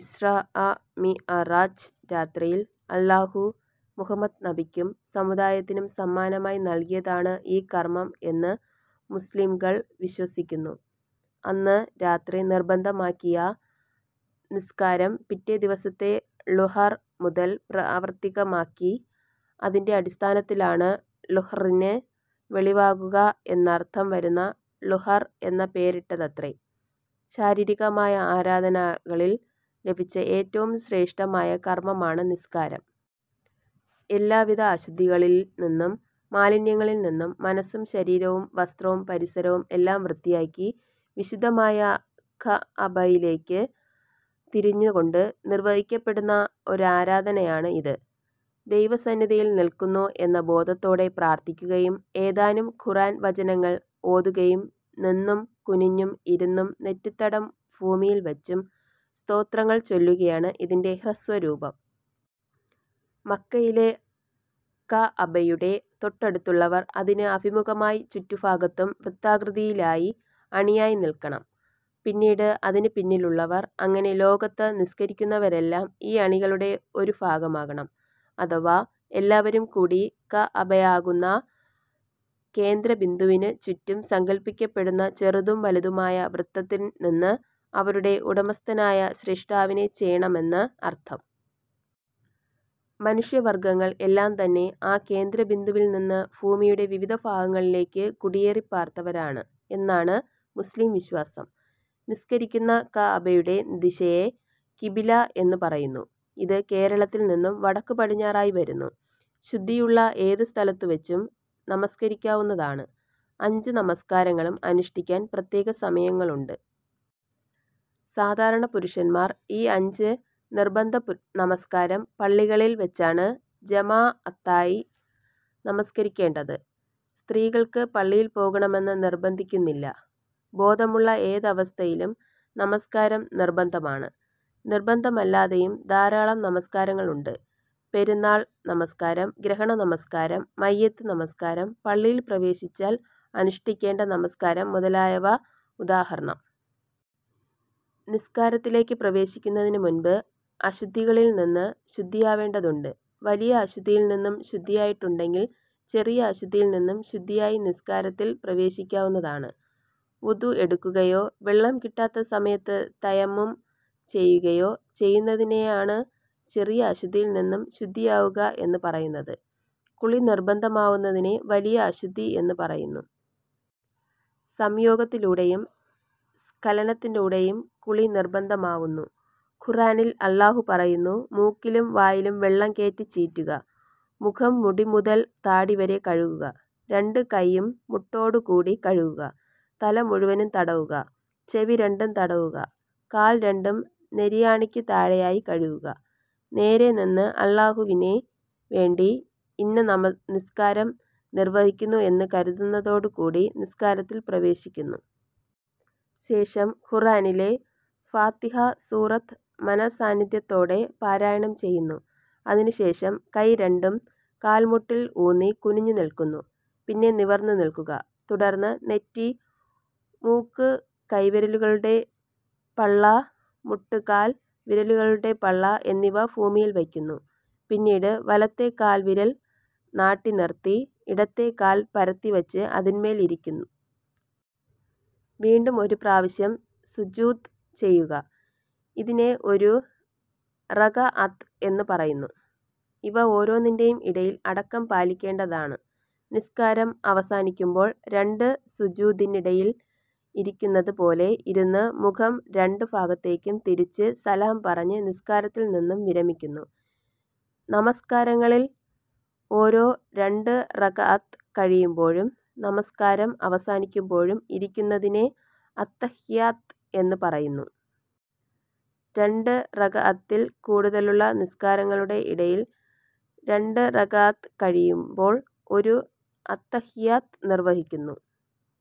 ഇസ്റാഅ് മിഅ്റാജ് രാത്രിയിൽ അല്ലാഹു മുഹമ്മദ് നബിക്കും സമുദായത്തിനും സമ്മാനമായി നൽകിയതാണ് ഈ കർമ്മം എന്ന് മുസ്ലിംകൾ വിശ്വസിക്കുന്നു. അന്ന് രാത്രി നിർബന്ധമാക്കിയ നിസ്കാരം പിറ്റേ ദിവസത്തെ ളുഹർ മുതൽ പ്രാവർത്തികമാക്കി. അതിൻ്റെ അടിസ്ഥാനത്തിലാണ് ളുഹ്റിന് വെളിവാകുക എന്നർത്ഥം വരുന്ന ളുഹർ എന്ന പേരിട്ടതത്രെ. ശാരീരികമായ ആരാധനകളിൽ ലഭിച്ച ഏറ്റവും ശ്രേഷ്ഠമായ കർമ്മമാണ് നിസ്കാരം. എല്ലാവിധ അശുദ്ധികളിൽ നിന്നും മാലിന്യങ്ങളിൽനിന്നും മനസ്സും ശരീരവും വസ്ത്രവും പരിസരവും എല്ലാം വൃത്തിയാക്കി വിശുദ്ധമായ കഅ്ബയിലേക്ക് തിരിഞ്ഞു കൊണ്ട് നിർവഹിക്കപ്പെടുന്ന ഒരാരാധനയാണ് ഇത്. ദൈവ സന്നിധിയിൽ നിൽക്കുന്നു എന്ന ബോധത്തോടെ പ്രാർത്ഥിക്കുകയും ഏതാനും ഖുർആൻ വചനങ്ങൾ ഓതുകയും നിന്നും കുനിഞ്ഞും ഇരുന്നും നെറ്റിത്തടം ഭൂമിയിൽ വെച്ചും സ്തോത്രങ്ങൾ ചൊല്ലുകയാണ് ഇതിൻ്റെ ഹ്രസ്വരൂപം. മക്കയിലെ കഅബയുടെ തൊട്ടടുത്തുള്ളവർ അതിന് അഭിമുഖമായി ചുറ്റുഭാഗത്തും വൃത്താകൃതിയിലായി അണിയായി നിൽക്കണം. പിന്നീട് അതിന് പിന്നിലുള്ളവർ, അങ്ങനെ ലോകത്ത് നിസ്കരിക്കുന്നവരെല്ലാം ഈ അണികളുടെ ഒരു ഭാഗമാകണം. അഥവാ എല്ലാവരുംകൂടി കഅബയാകുന്ന കേന്ദ്ര ബിന്ദുവിനു ചുറ്റും സങ്കല്പിക്കപ്പെടുന്ന ചെറുതും വലുതുമായ വൃത്തത്തിൽനിന്ന് അവരുടെ ഉടമസ്ഥനായ സ്രഷ്ടാവിനെ ചെയ്യണമെന്ന് അർത്ഥം. മനുഷ്യ വർഗ്ഗങ്ങൾ എല്ലാം തന്നെ ആ കേന്ദ്രബിന്ദുവിൽ നിന്ന് ഭൂമിയുടെ വിവിധ ഭാഗങ്ങളിലേക്ക് കുടിയേറിപ്പാർത്തവരാണ് എന്നാണ് മുസ്ലിം വിശ്വാസം. നിസ്കരിക്കുന്ന കഅബയുടെ ദിശയെ കിബില എന്നു പറയുന്നു. ഇത് കേരളത്തിൽ നിന്നും വടക്ക് പടിഞ്ഞാറായി വരുന്നു. ശുദ്ധിയുള്ള ഏതു സ്ഥലത്തു വെച്ചും നമസ്ക്കരിക്കാവുന്നതാണ്. അഞ്ച് നമസ്കാരങ്ങളും അനുഷ്ഠിക്കാൻ പ്രത്യേക സമയങ്ങളുണ്ട്. സാധാരണ പുരുഷന്മാർ ഈ അഞ്ച് നിർബന്ധ നമസ്ക്കാരം പള്ളികളിൽ വെച്ചാണ് ജമാഅത്തായി നമസ്ക്കരിക്കേണ്ടത്. സ്ത്രീകൾക്ക് പള്ളിയിൽ പോകണമെന്ന് നിർബന്ധിക്കുന്നില്ല. ബോധമുള്ള ഏതവസ്ഥയിലും നമസ്കാരം നിർബന്ധമാണ്. നിർബന്ധമല്ലാതെയും ധാരാളം നമസ്ക്കാരങ്ങൾ ഉണ്ട്. പെരുന്നാൾ നമസ്ക്കാരം, ഗ്രഹണ നമസ്കാരം, മയ്യിത്ത് നമസ്ക്കാരം, പള്ളിയിൽ പ്രവേശിച്ചാൽ അനുഷ്ഠിക്കേണ്ട നമസ്കാരം മുതലായവ ഉദാഹരണം. നിസ്കാരത്തിലേക്ക് പ്രവേശിക്കുന്നതിനു മുൻപ് അശുദ്ധികളിൽ നിന്ന് ശുദ്ധിയാവേണ്ടതുണ്ട്. വലിയ അശുദ്ധിയിൽ നിന്നും ശുദ്ധിയായിട്ടുണ്ടെങ്കിൽ ചെറിയ അശുദ്ധിയിൽ നിന്നും ശുദ്ധിയായി നിസ്കാരത്തിൽ പ്രവേശിക്കാവുന്നതാണ്. വുദു എടുക്കുകയോ വെള്ളം കിട്ടാത്ത സമയത്ത് തയമ്മും ചെയ്യുകയോ ചെയ്യുന്നതിനെയാണ് ചെറിയ അശുദ്ധിയിൽ നിന്നും ശുദ്ധിയാവുക എന്ന് പറയുന്നത്. കുളി നിർബന്ധമാവുന്നതിനെ വലിയ അശുദ്ധി എന്ന് പറയുന്നു. സംയോഗത്തിലൂടെയും സ്ഖലനത്തിലൂടെയും കുളി നിർബന്ധമാവൂന്നു. ഖുർആനിൽ അല്ലാഹു പറയുന്നു. മൂക്കിലും വായിലും വെള്ളം കേറ്റിചീറ്റുക. മുഖം മുടിമുതൽ താടിവരെ കഴുകുക. രണ്ടു കയ്യും മുട്ടോട് കൂടി കഴുകുക. തല മുഴുവനും തടവുക. ചെവി രണ്ടും തടവുക. കാൽ രണ്ടും നെരിയാണിക്ക് താഴെയായി കഴുകുക. നേരെ നിന്ന് അല്ലാഹുവിനു വേണ്ടി ഇന്ന നിസ്കാരം നിർവ്വഹിക്കുന്നു എന്ന് കരുതുന്നതോടുകൂടി നിസ്ക്കാരത്തിൽ പ്രവേശിക്കുന്നു. ശേഷം ഖുർആനിലെ ഫാത്തിഹ സൂറത് മന:സ്സാന്നിധ്യത്തോടെ പാരായണം ചെയ്യുന്നു. അതിനു ശേഷം കൈ രണ്ടും കാൽ മുട്ടിൽ ഊന്നി കുനിഞ്ഞു നിൽക്കുന്നു. പിന്നെ നിവർന്ന് നിൽക്കുക. തുടർന്ന് നെറ്റി മൂക്ക് കൈവിരലുകളുടെ പള്ള മുട്ട് കാൽ വിരലുകളുടെ പള്ള എന്നിവ ഭൂമിയിൽ വെക്കുന്നു. പിന്നീട് വലത്തെകാൽവിരൽ നാട്ടിനിർത്തി ഇടത്തെ കാൽ പരത്തിവച്ച് അതിന്മേൽ ഇരിക്കുന്നു. വീണ്ടും ഒരു പ്രാവശ്യം സുജൂദ് ചെയ്യുക. ഇതിനെ ഒരു റകഅത്ത് എന്ന് പറയുന്നു. ഇവ ഓരോന്നിൻ്റെയും ഇടയിൽ അടക്കം പാലിക്കേണ്ടതാണ്. നിസ്കാരം അവസാനിക്കുമ്പോൾ രണ്ട് സുജൂദിനിടയിൽ ഇരിക്കുന്നത് പോലെ ഇരുന്ന് മുഖം രണ്ട് ഭാഗത്തേക്കും തിരിച്ച് സലാം പറഞ്ഞ് നിസ്കാരത്തിൽ നിന്നും വിരമിക്കുന്നു. നമസ്ക്കാരങ്ങളിൽ ഓരോ രണ്ട് റകഅത്ത് കഴിയുമ്പോഴും നമസ്ക്കാരം അവസാനിക്കുമ്പോഴും ഇരിക്കുന്നതിനെ അത്തഹിയ്യാത്ത് എന്ന് പറയുന്നു. രണ്ട് റകഅത്തിൽ കൂടുതലുള്ള നിസ്കാരങ്ങളുടെ ഇടയിൽ രണ്ട് റകഅത്ത് കഴിയുമ്പോൾ ഒരു അത്തഹിയ്യാത്ത് നിർവ്വഹിക്കുന്നു.